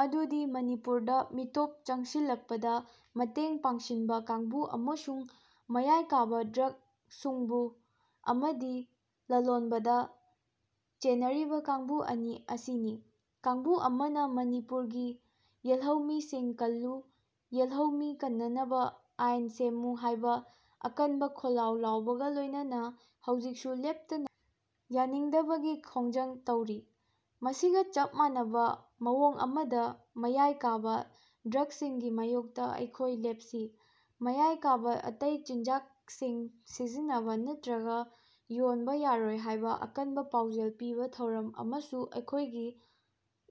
ꯑꯗꯨꯗꯤ ꯃꯅꯤꯄꯨꯔꯗ ꯃꯤꯇꯣꯞ ꯆꯪꯁꯤꯜꯂꯛꯄꯗ ꯃꯇꯦꯡ ꯄꯥꯡꯁꯤꯟꯕ ꯀꯥꯡꯕꯨ ꯑꯃꯁꯨꯡ ꯃꯌꯥꯏ ꯀꯥꯕ ꯗ꯭ꯔꯒ ꯁꯨꯡꯕ ꯑꯃꯗꯤ ꯂꯂꯣꯟꯕꯗ ꯆꯦꯟꯅꯔꯤꯕ ꯀꯥꯡꯕꯨ ꯑꯅꯤ ꯑꯁꯤꯅꯤ꯫ꯀꯥꯡꯕꯨ ꯑꯃꯅ ꯃꯅꯤꯄꯨꯔꯒꯤ ꯌꯦꯜꯍꯧꯃꯤꯁꯤꯡ ꯀꯜꯂꯨ, ꯌꯦꯜꯍꯧꯃꯤ ꯀꯟꯅꯅꯕ ꯑꯥꯏꯟ ꯁꯦꯝꯃꯨ ꯍꯥꯏꯕ ꯑꯀꯟꯕ ꯈꯣꯜꯂꯥꯎ ꯂꯥꯎꯕꯒ ꯂꯣꯏꯅꯅ ꯍꯧꯖꯤꯛꯁꯨ ꯂꯦꯞꯇꯅ ꯌꯥꯅꯤꯡꯗꯕꯒꯤ ꯈꯣꯡꯖꯪ ꯇꯧꯔꯤ꯫ꯃꯁꯤꯒ ꯆꯞ ꯃꯥꯟꯅꯕ ꯃꯑꯣꯡ ꯑꯃꯗ ꯃꯌꯥꯏ ꯀꯥꯕ ꯗ꯭ꯔꯒꯁꯤꯡꯒꯤ ꯃꯥꯌꯣꯛꯇ ꯑꯩꯈꯣꯏ ꯂꯦꯞꯁꯤ, ꯃꯌꯥꯏ ꯀꯥꯕ ꯑꯇꯩ ꯆꯤꯟꯖꯥꯛꯁꯤꯡ ꯁꯤꯖꯤꯟꯅꯕ ꯅꯠꯇ꯭ꯔꯒ ꯌꯣꯟꯕ ꯌꯥꯔꯣꯏ ꯍꯥꯏꯕ ꯑꯀꯟꯕ ꯄꯥꯎꯖꯦꯜ ꯄꯤꯕ ꯊꯧꯔꯝ ꯑꯃꯁꯨ ꯑꯩꯈꯣꯏꯒꯤ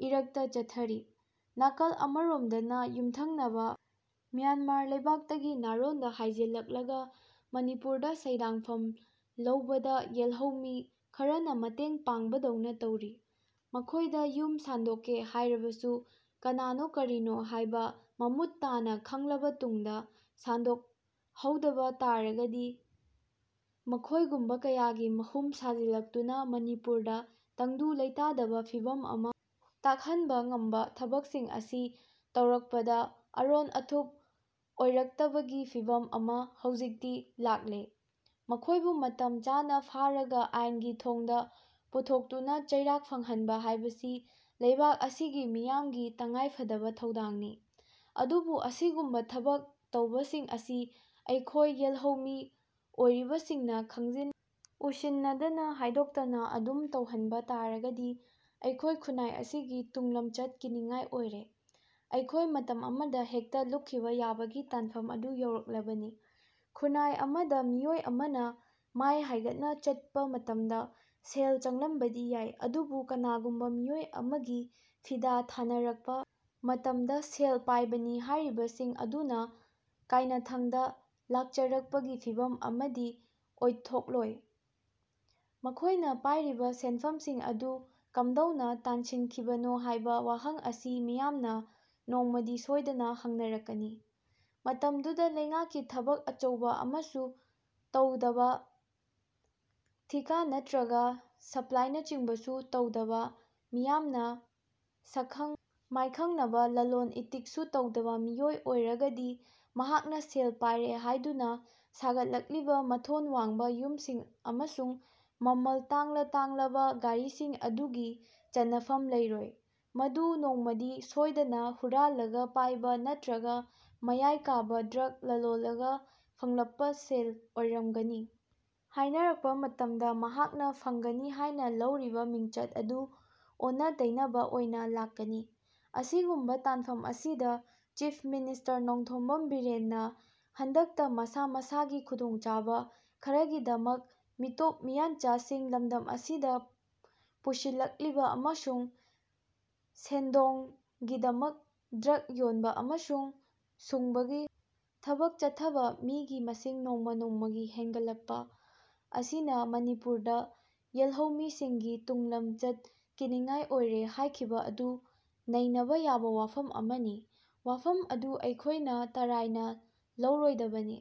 ꯏꯔꯛꯇ ꯆꯠꯊꯔꯤ꯫ ꯅꯥꯀꯜ ꯑꯃꯔꯣꯝꯗꯅ ꯌꯨꯝꯊꯪꯅꯕ ꯃ꯭ꯌꯥꯟꯃꯥꯔ ꯂꯩꯕꯥꯛꯇꯒꯤ ꯅꯥꯔꯣꯟꯗ ꯍꯥꯏꯖꯤꯜꯂꯛꯂꯒ ꯃꯅꯤꯄꯨꯔꯗ ꯁꯩꯗꯥꯡꯐꯝ ꯂꯧꯕꯗ ꯌꯦꯜꯍꯧꯃꯤ ꯈꯔꯅ ꯃꯇꯦꯡ ꯄꯥꯡꯕꯗꯧꯅ ꯇꯧꯔꯤ꯫ꯃꯈꯣꯏꯗ ꯌꯨꯝ ꯁꯥꯟꯗꯣꯛꯀꯦ ꯍꯥꯏꯔꯕꯁꯨ ꯀꯅꯥꯅꯣ ꯀꯔꯤꯅꯣ ꯍꯥꯏꯕ ꯃꯃꯨꯠ ꯇꯥꯅ ꯈꯪꯂꯕ ꯇꯨꯡꯗ ꯁꯥꯟꯗꯣꯛꯍꯧꯗꯕ ꯇꯥꯔꯒꯗꯤ ꯃꯈꯣꯏꯒꯨꯝꯕ ꯀꯌꯥꯒꯤ ꯃꯍꯨꯝ ꯁꯥꯖꯤꯜꯂꯛꯇꯨꯅ ꯃꯅꯤꯄꯨꯔꯗ ꯇꯪꯗꯨ ꯂꯩꯇꯥꯗꯕ ꯐꯤꯚꯝ ꯑꯃ ꯇꯥꯛꯍꯟꯕ ꯉꯝꯕ ꯊꯕꯛꯁꯤꯡ ꯑꯁꯤ ꯇꯧꯔꯛꯄꯗ ꯑꯔꯣꯟ ꯑꯊꯨꯞ ꯑꯣꯏꯔꯛꯇꯕꯒꯤꯐꯤꯚꯝ ꯑꯃ ꯍꯧꯖꯤꯛꯇꯤ ꯂꯥꯛꯂꯦ꯫ꯃꯈꯣꯏꯕꯨ ꯃꯇꯝ ꯆꯥꯅ ꯐꯥꯔꯒ ꯑꯥꯏꯟꯒꯤ ꯊꯣꯡꯗ ꯄꯨꯊꯣꯛꯇꯨꯅ ꯆꯩꯔꯥꯛ ꯐꯪꯍꯟꯕ ꯍꯥꯏꯕꯁꯤ ꯂꯩꯕꯥꯛ ꯑꯁꯤꯒꯤ ꯃꯤꯌꯥꯝꯒꯤ ꯇꯉꯥꯏꯐꯗꯕ ꯊꯧꯗꯥꯡꯅꯤ꯫ꯑꯗꯨꯕꯨ ꯑꯁꯤꯒꯨꯝꯕ ꯊꯕꯛ ꯇꯧꯕꯁꯤꯡ ꯑꯁꯤ ꯑꯩꯈꯣꯏ ꯌꯦꯜꯍꯧꯃꯤ ꯑꯣꯏꯔꯤꯕꯁꯤꯡꯅ ꯈꯪꯖꯤꯟ ꯎꯁꯤꯟꯅꯗꯅ, ꯍꯥꯏꯗꯣꯛꯇꯅ ꯑꯗꯨꯝ ꯇꯧꯍꯟꯕ ꯇꯥꯔꯒꯗꯤ ꯑꯩꯈꯣꯏ ꯈꯨꯟꯅꯥꯏ ꯑꯁꯤꯒꯤ ꯇꯨꯡꯂꯝꯆꯠ ꯀꯤꯅꯤꯉꯥꯏ ꯑꯣꯏꯔꯦ꯫ꯑꯩꯈꯣꯏ ꯃꯇꯝ ꯑꯃꯗ ꯍꯦꯛꯇ ꯂꯨꯞꯈꯤꯕ ꯌꯥꯕꯒꯤ ꯇꯥꯟꯐꯝ ꯑꯗꯨ ꯌꯧꯔꯛꯂꯕꯅꯤ꯫ꯈꯨꯟꯅꯥꯏ ꯑꯃꯗ ꯃꯤꯑꯣꯏ ꯑꯃꯅ ꯃꯥꯏ ꯍꯥꯏꯒꯠꯅ ꯆꯠꯄꯃꯇꯝꯗ ꯁꯦꯜ ꯆꯪꯂꯝꯕꯗꯤ ꯌꯥꯏ꯫ꯑꯗꯨꯕꯨ ꯀꯅꯥꯒꯨꯝꯕ ꯃꯤꯑꯣꯏ ꯑꯃꯒꯤ ꯐꯤꯗꯥ ꯊꯥꯅꯔꯛꯄ ꯃꯇꯝꯗ ꯁꯦꯜ ꯄꯥꯏꯕꯅꯤ ꯍꯥꯏꯔꯤꯕꯁꯤꯡ ꯑꯗꯨꯅ ꯀꯥꯏꯅꯊꯪꯗ ꯂꯥꯛꯆꯔꯛꯄꯒꯤ ꯐꯤꯚꯝ ꯑꯃꯗꯤ ꯑꯣꯏꯊꯣꯛꯂꯣꯏ꯫ꯃꯈꯣꯏꯅ ꯄꯥꯏꯔꯤꯕ ꯁꯦꯟꯐꯝꯁꯤꯡ ꯑꯗꯨ ꯀꯝꯗꯧꯅ ꯇꯥꯟꯁꯤꯟꯈꯤꯕꯅꯣ ꯍꯥꯏꯕ ꯋꯥꯍꯪ ꯑꯁꯤ ꯃꯤꯌꯥꯝꯅ ꯅꯣꯡꯃꯗꯤ ꯁꯣꯏꯗꯅ ꯍꯪꯅꯔꯛꯀꯅꯤ꯫ꯃꯇꯝꯗꯨꯗ ꯂꯩꯉꯥꯛꯀꯤ ꯊꯕꯛ ꯑꯆꯧꯕ ꯑꯃꯁꯨ ꯇꯧꯗꯕ, ꯊꯤꯀꯥ ꯅꯠꯇ꯭ꯔꯒ ꯁꯄ꯭ꯂꯥꯏꯅꯆꯤꯡꯕꯁꯨ ꯇꯧꯗꯕ, ꯃꯤꯌꯥꯝꯅ ꯁꯛꯈꯪ ꯃꯥꯏꯈꯪꯅꯕ ꯂꯂꯣꯟ ꯏꯇꯤꯛꯁꯨ ꯇꯧꯗꯕ ꯃꯤꯑꯣꯏ ꯑꯣꯏꯔꯒꯗꯤ ꯃꯍꯥꯛꯅ ꯁꯦꯜ ꯄꯥꯏꯔꯦ ꯍꯥꯏꯗꯨꯅ ꯁꯥꯒꯠꯂꯛꯂꯤꯕ ꯃꯊꯣꯟ ꯋꯥꯡꯕ ꯌꯨꯝꯁꯤꯡ ꯑꯃꯁꯨꯡ ꯃꯃꯜ ꯇꯥꯡꯂ-ꯇꯥꯡꯂꯕ ꯒꯥꯔꯤꯁꯤꯡ ꯑꯗꯨꯒꯤ ꯆꯟꯅꯐꯝ ꯂꯩꯔꯣꯏ꯫ꯃꯗꯨ ꯅꯣꯡꯃꯗꯤ ꯁꯣꯏꯗꯅ ꯍꯨꯔꯥꯜꯂꯒ ꯄꯥꯏꯕ ꯅꯠꯇ꯭ꯔꯒ ꯃꯌꯥꯏ ꯀꯥꯕ ꯗ꯭ꯔꯒ ꯂꯂꯣꯜꯂꯒ ꯐꯪꯂꯛꯄ ꯁꯦꯜ ꯑꯣꯏꯔꯝꯒꯅꯤ ꯍꯥꯏꯅꯔꯛꯄ ꯃꯇꯝꯗ ꯃꯍꯥꯛꯅ ꯐꯪꯒꯅꯤ ꯍꯥꯏꯅ ꯂꯧꯔꯤꯕ ꯃꯤꯡꯆꯠ ꯑꯗꯨ ꯑꯣꯟꯅ-ꯇꯩꯅꯕ ꯑꯣꯏꯅ ꯂꯥꯛꯀꯅꯤ꯫ꯑꯁꯤꯒꯨꯝꯕ ꯇꯥꯟꯐꯝ ꯑꯁꯤꯗ ꯆꯤꯐ ꯃꯤꯅꯤꯁꯇꯔ ꯅꯣꯡꯊꯣꯝꯕꯝ ꯕꯤꯔꯦꯟꯅ ꯍꯟꯗꯛꯇ ꯃꯁꯥ ꯃꯁꯥꯒꯤ ꯈꯨꯗꯣꯡꯆꯥꯕ ꯈꯔꯒꯤꯗꯃꯛ ꯃꯤꯇꯣꯞ ꯃꯤꯌꯥꯟꯆꯥꯁꯤꯡ ꯂꯝꯗꯝ ꯑꯁꯤꯗ ꯄꯨꯁꯤꯜꯂꯛꯂꯤꯕ ꯑꯃꯁꯨꯡ ꯁꯦꯟꯗꯣꯡꯒꯤꯗꯃꯛ ꯗ꯭ꯔꯒ ꯌꯣꯟꯕ ꯑꯃꯁꯨꯡ ꯁꯨꯡꯕꯒꯤ ꯊꯕꯛ ꯆꯠꯊꯕ ꯃꯤꯒꯤ ꯃꯁꯤꯡ ꯅꯣꯡꯃ ꯅꯣꯡꯃꯒꯤ ꯍꯦꯟꯒꯠꯂꯛꯄ ꯑꯁꯤꯅꯃꯅꯤꯄꯨꯔꯗ ꯌꯦꯜꯍꯧꯃꯤꯁꯤꯡꯒꯤ ꯇꯨꯡꯂꯝꯆꯠ ꯀꯤꯅꯤꯉꯥꯏ ꯑꯣꯏꯔꯦ ꯍꯥꯏꯈꯤꯕ ꯑꯗꯨ ꯅꯩꯅꯕ ꯌꯥꯕ ꯋꯥꯐꯝ ꯑꯃꯅꯤ꯫ꯋꯥꯐꯝ ꯑꯗꯨ ꯑꯩꯈꯣꯏꯅ ꯇꯔꯥꯏꯅ ꯂꯧꯔꯣꯏꯗꯕꯅꯤ꯫